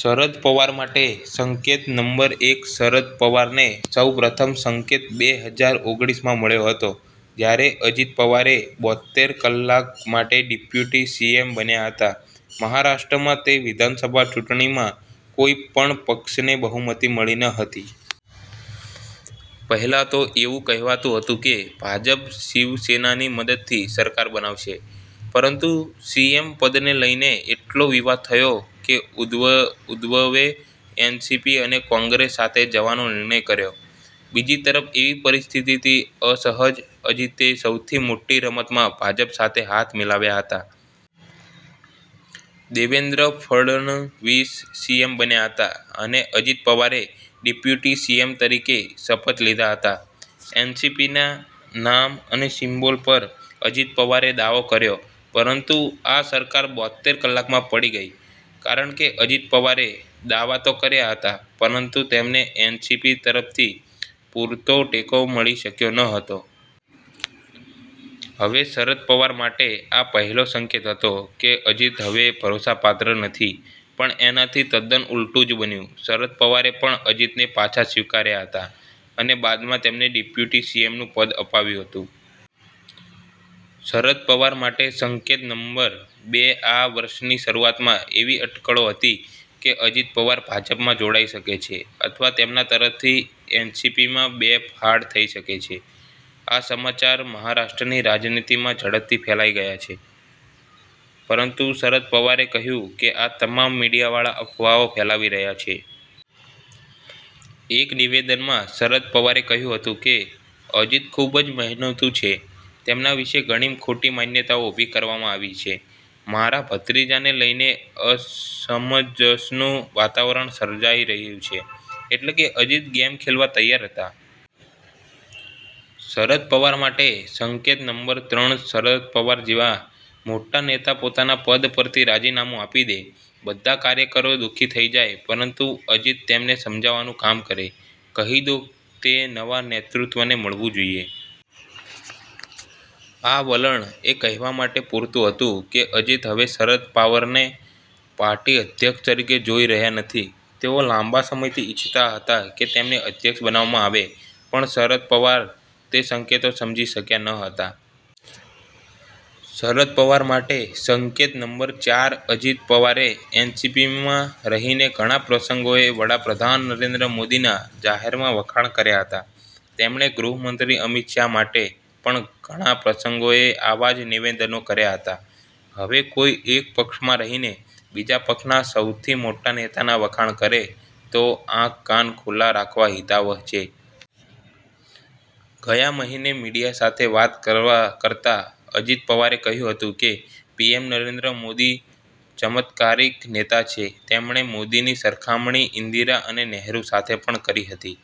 શરદ પવાર માટે સંકેત નંબર એક શરદ પવારને સૌ પ્રથમ સંકેત બે હજાર ઓગણીસ માં મળ્યો હતો જ્યારે અજિત પવારે બોત્તેર કલાક માટે ડેપ્યુટી સીએમ બન્યા હતા. મહારાષ્ટ્રમાં તે વિધાનસભા ચૂંટણીમાં કોઈ પણ પક્ષને બહુમતી મળી ન હતી. પહેલા તો એવું કહેવાતું હતું કે ભાજપ શિવસેનાની મદદથી સરકાર બનાવશે, પરંતુ સીએમ પદને લઈને એટલો વિવાદ થયો કે ઉદ્ધવે એનસીપી અને કોંગ્રેસ સાથે જવાનો નિર્ણય કર્યો. બીજી તરફ એવી પરિસ્થિતિથી અસહજ અજિતે સૌથી મોટી રમતમાં ભાજપ સાથે હાથ મિલાવ્યા હતા. દેવેન્દ્ર ફડણવીસ સીએમ બન્યા હતા અને અજિત પવારે ડેપ્યુટી સીએમ તરીકે શપથ લીધા હતા. એનસીપીના નામ અને સિમ્બોલ પર અજિત પવારે દાવો કર્યો પરંતુ આ સરકાર બોત્તેર કલાકમાં પડી ગઈ કારણ કે અજિત પવારે દાવા તો કર્યા હતા પરંતુ તેમને એનસીપી તરફથી પૂરતો ટેકો મળી શક્યો ન હતો. હવે શરદ પવાર માટે આ પહેલો સંકેત હતો કે અજિત હવે ભરોસાપાત્ર નથી. પણ એનાથી તદ્દન ઊલટું જ બન્યું. શરદ પવારે પણ અજિતને પાછા સ્વીકાર્યા હતા અને બાદમાં તેમને ડેપ્યુટી સીએમનું પદ અપાવ્યું હતું. શરદ પવાર માટે સંકેત નંબર બે આ વર્ષની શરૂઆતમાં એવી અટકળો હતી કે અજિત પવાર ભાજપમાં જોડાઈ શકે છે અથવા તેમના તરફથી એનસીપીમાં બે ફાડ થઈ શકે છે. આ સમાચાર મહારાષ્ટ્રની રાજનીતિમાં ઝડપથી ફેલાઈ ગયા હતા, પરંતુ શરદ પવારે કહ્યું કે આ તમામ મીડિયાવાળા અફવાઓ ફેલાવી રહ્યા છે. એક નિવેદનમાં શરદ પવારે કહ્યું હતું કે અજિત ખૂબ જ મહેનતુ છે, તેમના વિશે ઘણી ખોટી માન્યતાઓ ઉભી કરવામાં આવી છે. મારા ભત્રીજાને લઈને અસમંજસનું વાતાવરણ સર્જાઈ રહ્યું છે. એટલે કે અજીત ગેમ ખેલવા તૈયાર હતા. શરદ પવાર માટે સંકેત નંબર ત્રણ શરદ પવાર જેવા મોટા નેતા પોતાના પદ પરથી રાજીનામું આપી દે, બધા કાર્યકરો દુઃખી થઇ જાય પરંતુ અજિત તેમને સમજાવવાનું કામ કરે. કહી દો તે નવા નેતૃત્વને મળવું જોઈએ. આ વલણ એ કહેવા માટે પુરતું હતું કે અજિત હવે શરદ પવારને પાર્ટી અધ્યક્ષ તરીકે જોઇ રહ્યા નથી. તેઓ લાંબા સમયથી ઈચ્છતા હતા કે તેમને અધ્યક્ષ બનાવવામાં આવે. પણ શરદ પવાર તે સંકેતો સમજી શક્યા ન હતા. શરદ પવાર માટે સંકેત નંબર ચાર અજિત પવારે એનસીપીમાં રહીને ઘણા પ્રસંગોએ વડાપ્રધાન નરેન્દ્ર મોદીના જાહેરમાં વખાણ કર્યા હતા. તેમણે ગૃહમંત્રી અમિત શાહ માટે પણ ઘણા પ્રસંગોએ આવા જ નિવેદનો કર્યા હતા. હવે કોઈ એક પક્ષમાં રહીને બીજા પક્ષના સૌથી મોટા નેતાના વખાણ કરે તો આંખ-કાન ખુલ્લા રાખવા હિતાવહ છે. ગયા મહિને મીડિયા સાથે વાત કરતા અજિત પવારે કહ્યું હતું કે પીએમ નરેન્દ્ર મોદી ચમત્કારીક નેતા છે. તેમણે મોદીની સરખામણી ઈન્દિરા અને નેહરુ સાથે પણ કરી હતી.